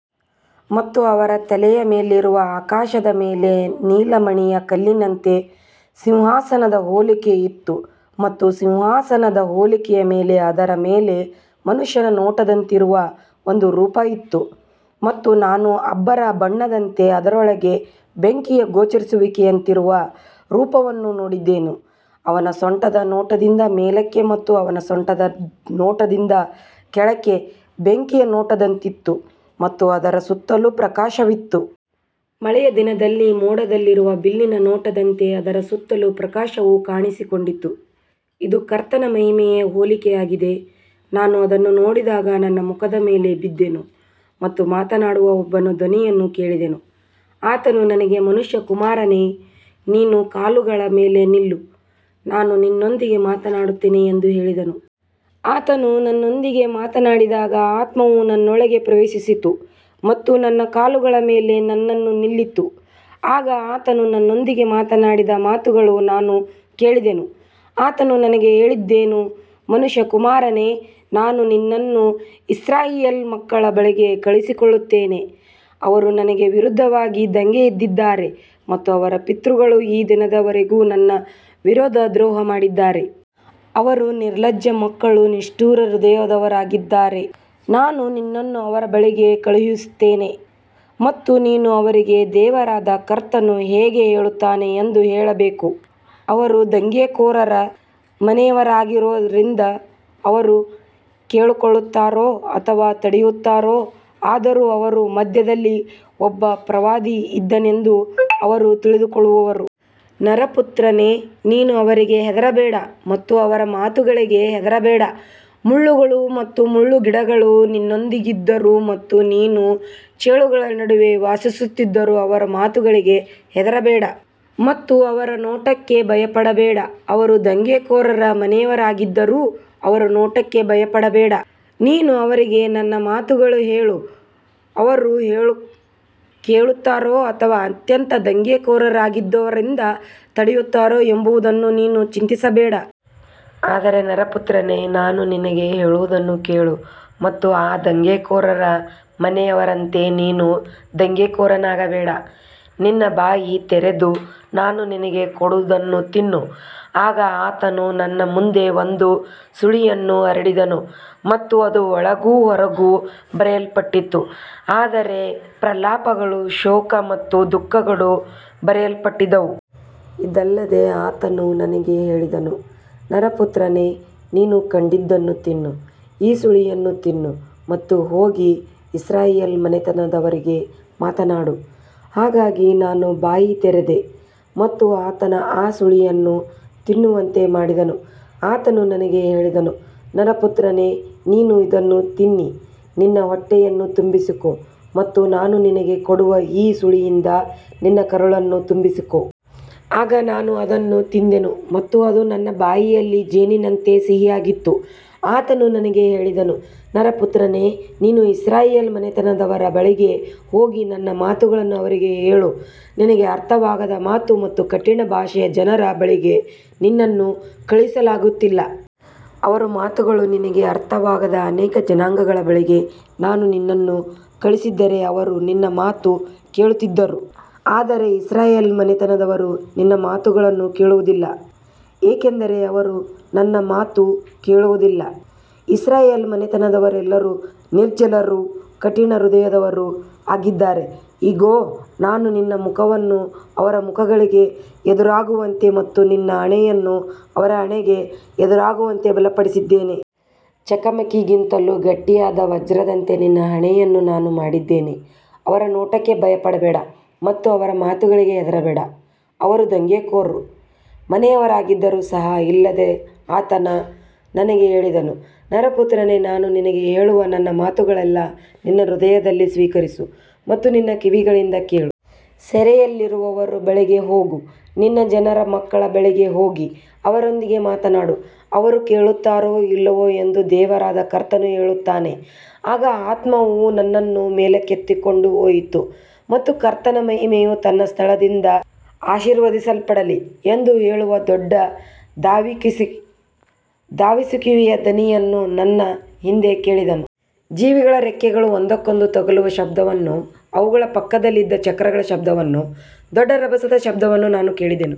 ಮತ್ತು ಅವರ ತಲೆಯ ಮೇಲಿರುವ ಆಕಾಶದ ಮೇಲೆ ನೀಲಮಣಿಯ ಕಲ್ಲಿನಂತೆ ಸಿಂಹಾಸನದ ಹೋಲಿಕೆ ಇತ್ತು ಮತ್ತು ಸಿಂಹಾಸನದ ಹೋಲಿಕೆಯ ಮೇಲೆ ಅದರ ಮೇಲೆ ಮನುಷ್ಯನ ನೋಟದಂತಿರುವ ಒಂದು ರೂಪ ಇತ್ತು. ಮತ್ತು ನಾನು ಅಂಬರ್ ಬಣ್ಣದಂತೆ, ಅದರೊಳಗೆ ಬೆಂಕಿಯ ಗೋಚರಿಸುವಿಕೆಯಂತಿರುವ ರೂಪವನ್ನು ನೋಡಿದೆನು. ಅವನ ಸೊಂಟದ ನೋಟದಿಂದ ಮೇಲಕ್ಕೆ ಮತ್ತು ಅವನ ಸೊಂಟದ ನೋಟದಿಂದ ಕೆಳಕ್ಕೆ ಬೆಂಕಿಯ ನೋಟದಂತಿತ್ತು ಮತ್ತು ಅದರ ಸುತ್ತಲೂ ಪ್ರಕಾಶವಿತ್ತು. ಮಳೆಯ ದಿನದಲ್ಲಿ ಮೋಡದಲ್ಲಿರುವ ಬಿಲ್ಲಿನ ನೋಟದಂತೆ ಅದರ ಸುತ್ತಲೂ ಪ್ರಕಾಶವು ಕಾಣಿಸಿಕೊಂಡಿತು. ಇದು ಕರ್ತನ ಮಹಿಮೆಯ ಹೋಲಿಕೆಯಾಗಿದೆ. ನಾನು ಅದನ್ನು ನೋಡಿದಾಗ ನನ್ನ ಮುಖದ ಮೇಲೆ ಬಿದ್ದೆನು ಮತ್ತು ಮಾತನಾಡುವ ಒಬ್ಬನ ಧ್ವನಿಯನ್ನು ಕೇಳಿದೆನು. ಆತನು ನನಗೆ, ಮನುಷ್ಯಕುಮಾರನೇ, ನಿನ್ನ ಕಾಲುಗಳ ಮೇಲೆ ನಿಲ್ಲು, ನಾನು ನಿನ್ನೊಂದಿಗೆ ಮಾತನಾಡುತ್ತೇನೆ ಎಂದು ಹೇಳಿದನು. ಆತನು ನನ್ನೊಂದಿಗೆ ಮಾತನಾಡಿದಾಗ ಆತ್ಮವು ನನ್ನೊಳಗೆ ಪ್ರವೇಶಿಸಿತು ಮತ್ತು ನನ್ನ ಕಾಲುಗಳ ಮೇಲೆ ನನ್ನನ್ನು ನಿಲ್ಲಿಸಿತು. ಆಗ ಆತನು ನನ್ನೊಂದಿಗೆ ಮಾತನಾಡಿದ ಮಾತುಗಳನ್ನು ನಾನು ಕೇಳಿದೆನು. ಆತನು ನನಗೆ ಹೇಳಿದನು, ಮನುಷ್ಯಕುಮಾರನೇ, ನಾನು ನಿನ್ನನ್ನು ಇಸ್ರಾಯೇಲ್ ಮಕ್ಕಳ ಬಳಿಗೆ ಕಳುಹಿಸುತ್ತೇನೆ. ಅವರು ನನಗೆ ವಿರುದ್ಧವಾಗಿ ದಂಗೆಯೆದ್ದಿದ್ದಾರೆ ಮತ್ತು ಅವರ ಪಿತೃಗಳು ಈ ದಿನದವರೆಗೂ ನನ್ನ ವಿರುದ್ಧ ದ್ರೋಹ ಮಾಡಿದ್ದಾರೆ. ಅವರು ನಿರ್ಲಜ್ಜ ಮಕ್ಕಳೂ ನಿಷ್ಠುರ ಹೃದಯದವರೂ ಆಗಿದ್ದಾರೆ. ನಾನು ನಿನ್ನನ್ನು ಅವರ ಬಳಿಗೆ ಕಳುಹಿಸುತ್ತೇನೆ ಮತ್ತು ನೀನು ಅವರಿಗೆ, ದೇವರಾದ ಕರ್ತನು ಹೀಗೆ ಹೇಳುತ್ತಾನೆ ಎಂದು ಹೇಳಬೇಕು. ಅವರು ದಂಗೆಕೋರ ಮನೆಯವರಾಗಿರುವುದರಿಂದ ಅವರು ಕೇಳುತ್ತಾರೋ ಅಥವಾ ತಡೆಯುತ್ತಾರೋ, ಆದರೂ ಅವರ ಮಧ್ಯದಲ್ಲಿ ಒಬ್ಬ ಪ್ರವಾದಿ ಇದ್ದನೆಂದು ಅವರು ತಿಳಿದುಕೊಳ್ಳುವರು. ನರಪುತ್ರನೇ, ನೀನು ಅವರಿಗೆ ಹೆದರಬೇಡ ಮತ್ತು ಅವರ ಮಾತುಗಳಿಗೆ ಹೆದರಬೇಡ. ಮುಳ್ಳುಗಳು ಮತ್ತು ಮುಳ್ಳುಗಿಡಗಳು ನಿನ್ನೊಂದಿಗಿದ್ದರೂ ಮತ್ತು ನೀನು ಚೇಳುಗಳ ನಡುವೆ ವಾಸಿಸುತ್ತಿದ್ದರೂ ಅವರ ಮಾತುಗಳಿಗೆ ಹೆದರಬೇಡ ಮತ್ತು ಅವರ ನೋಟಕ್ಕೆ ಭಯಪಡಬೇಡ. ಅವರು ದಂಗೆಕೋರ ಮನೆಯವರಾಗಿದ್ದರೂ ಅವರ ನೋಟಕ್ಕೆ ಭಯಪಡಬೇಡ. ನೀನು ಅವರಿಗೆ ನನ್ನ ಮಾತುಗಳನ್ನು ಹೇಳು, ಅವರು ಕೇಳುತ್ತಾರೋ ಅಥವಾ ಅತ್ಯಂತ ದಂಗೆಕೋರರಾಗಿರುವುದರಿಂದ ತಡೆಯುತ್ತಾರೋ ಎಂಬುದನ್ನು ನೀನು ಚಿಂತಿಸಬೇಡ. ಆದರೆ ನರಪುತ್ರನೇ, ನಾನು ನಿನಗೆ ಹೇಳುವುದನ್ನು ಕೇಳು ಮತ್ತು ಆ ದಂಗೆಕೋರ ಮನೆಯವರಂತೆ ನೀನು ದಂಗೆಕೋರನಾಗಬೇಡ. ನಿನ್ನ ಬಾಯಿ ತೆರೆದು ನಾನು ನಿನಗೆ ಕೊಡುವುದನ್ನು ತಿನ್ನು. ಆಗ ಆತನು ನನ್ನ ಮುಂದೆ ಒಂದು ಸುರುಳಿಯನ್ನು ಹರಡಿದನು ಮತ್ತು ಅದು ಒಳಗೂ ಹೊರಗೂ ಬರೆಯಲ್ಪಟ್ಟಿತ್ತು. ಅದರಲ್ಲಿ ಪ್ರಲಾಪಗಳು, ಶೋಕ ಮತ್ತು ದುಃಖಗಳು ಬರೆಯಲ್ಪಟ್ಟಿದ್ದವು. ಇದಲ್ಲದೆ ಆತನು ನನಗೆ ಹೇಳಿದನು, ನರಪುತ್ರನೇ, ನೀನು ಕಂಡದ್ದನ್ನು ತಿನ್ನು, ಈ ಸುರುಳಿಯನ್ನು ತಿನ್ನು ಮತ್ತು ಹೋಗಿ ಇಸ್ರಾಯೇಲ್ ಮನೆತನದವರೊಂದಿಗೆ ಮಾತನಾಡು. ಹಾಗಾಗಿ ನಾನು ಬಾಯಿ ತೆರೆದೆ ಮತ್ತು ಆತನು ಆ ಸುರುಳಿಯನ್ನು ತಿನ್ನುವಂತೆ ಮಾಡಿದನು. ಆತನು ನನಗೆ ಹೇಳಿದನು, ನರಪುತ್ರನೇ, ನೀನು ಇದನ್ನು ತಿನ್ನಿ ನಿನ್ನ ಹೊಟ್ಟೆಯನ್ನು ತುಂಬಿಸಿಕೋ ಮತ್ತು ನಾನು ನಿನಗೆ ಕೊಡುವ ಈ ಸುರುಳಿಯಿಂದ ನಿನ್ನ ಕರುಳನ್ನು ತುಂಬಿಸಿಕೋ. ಆಗ ನಾನು ಅದನ್ನು ತಿಂದೆನು ಮತ್ತು ಅದು ನನ್ನ ಬಾಯಿಯಲ್ಲಿ ಜೇನಿನಂತೆ ಸಿಹಿಯಾಗಿತ್ತು. ಆತನು ನನಗೆ ಹೇಳಿದನು, ನರಪುತ್ರನೇ, ನೀನು ಇಸ್ರಾಯೇಲ್ ಮನೆತನದವರ ಬಳಿಗೆ ಹೋಗಿ ನನ್ನ ಮಾತುಗಳನ್ನು ಅವರಿಗೆ ಹೇಳು. ನಿನಗೆ ಅರ್ಥವಾಗದ ಮಾತು ಮತ್ತು ಕಠಿಣ ಭಾಷೆಯ ಜನರ ಬಳಿಗೆ ನಿನ್ನನ್ನು ಕಳುಹಿಸಲಾಗುತ್ತಿಲ್ಲ. ಅವರ ಮಾತುಗಳು ನಿನಗೆ ಅರ್ಥವಾಗದ ಅನೇಕ ಜನಾಂಗಗಳ ಬಳಿಗೆ ನಾನು ನಿನ್ನನ್ನು ಕಳುಹಿಸಿದ್ದರೆ ಅವರು ನಿನ್ನ ಮಾತನ್ನು ಕೇಳುತ್ತಿದ್ದರು. ಆದರೆ ಇಸ್ರಾಯೇಲ್ ಮನೆತನದವರು ನಿನ್ನ ಮಾತನ್ನು ಕೇಳುವುದಿಲ್ಲ, ಏಕೆಂದರೆ ಅವರು ನನ್ನ ಮಾತನ್ನು ಕೇಳುವುದಿಲ್ಲ. ಇಸ್ರಾಯೇಲ್ ಮನೆತನದವರೆಲ್ಲರೂ ನಿರ್ಲಜ್ಜರೂ ಕಠಿಣ ಹೃದಯದವರೂ ಆಗಿದ್ದಾರೆ. ಇಗೋ, ನಾನು ನಿನ್ನ ಮುಖವನ್ನು ಅವರ ಮುಖಗಳಿಗೆ ಎದುರಾಗುವಂತೆ ಮತ್ತು ನಿನ್ನ ಹಣೆಯನ್ನು ಅವರ ಹಣೆಗೆ ಎದುರಾಗುವಂತೆ ಬಲಪಡಿಸಿದ್ದೇನೆ. ಚಕಮಕಿಗಿಂತಲೂ ಗಟ್ಟಿಯಾದ ವಜ್ರದಂತೆ ನಿನ್ನ ಹಣೆಯನ್ನು ನಾನು ಮಾಡಿದ್ದೇನೆ. ಅವರ ನೋಟಕ್ಕೆ ಭಯಪಡಬೇಡ ಮತ್ತು ಅವರ ಮಾತುಗಳಿಗೆ ಹೆದರಬೇಡ, ಅವರು ದಂಗೆಕೋರ ಮನೆಯವರಾಗಿದ್ದರೂ ಸಹ. ಇದಲ್ಲದೆ ಆತನು ನನಗೆ ಹೇಳಿದನು, ನರಪುತ್ರನೇ, ನಾನು ನಿನಗೆ ಹೇಳುವ ನನ್ನ ಮಾತುಗಳನ್ನೆಲ್ಲಾ ನಿನ್ನ ಹೃದಯದಲ್ಲಿ ಸ್ವೀಕರಿಸು ಮತ್ತು ನಿನ್ನ ಕಿವಿಗಳಿಂದ ಕೇಳು. ಸೆರೆಯಲ್ಲಿರುವವರ ಬಳಿಗೆ ಹೋಗು, ನಿನ್ನ ಜನರ ಮಕ್ಕಳ ಬಳಿಗೆ ಹೋಗಿ ಅವರೊಂದಿಗೆ ಮಾತನಾಡು, ಅವರು ಕೇಳುತ್ತಾರೋ ಇಲ್ಲವೋ ಎಂದು ದೇವರಾದ ಕರ್ತನು ಹೇಳುತ್ತಾನೆ. ಆಗ ಆತ್ಮವು ನನ್ನನ್ನು ಮೇಲಕ್ಕೆತ್ತಿಕೊಂಡು ಹೋಯಿತು ಮತ್ತು ಕರ್ತನ ಮಹಿಮೆಯು ತನ್ನ ಸ್ಥಳದಿಂದ ಆಶೀರ್ವದಿಸಲ್ಪಡಲಿ ಎಂದು ಹೇಳುವ ದೊಡ್ಡ ಧಾವಿಸುವಿಕೆಯ ಧ್ವನಿಯನ್ನು ನನ್ನ ಹಿಂದೆ ಕೇಳಿದೆನು. ಜೀವಿಗಳ ರೆಕ್ಕೆಗಳು ಒಂದಕ್ಕೊಂದು ತಗುಲುವ ಶಬ್ದವನ್ನೂ, ಅವುಗಳ ಪಕ್ಕದಲ್ಲಿದ್ದ ಚಕ್ರಗಳ ಶಬ್ದವನ್ನೂ, ದೊಡ್ಡ ರಭಸದ ಶಬ್ದವನ್ನೂ ನಾನು ಕೇಳಿದೆನು.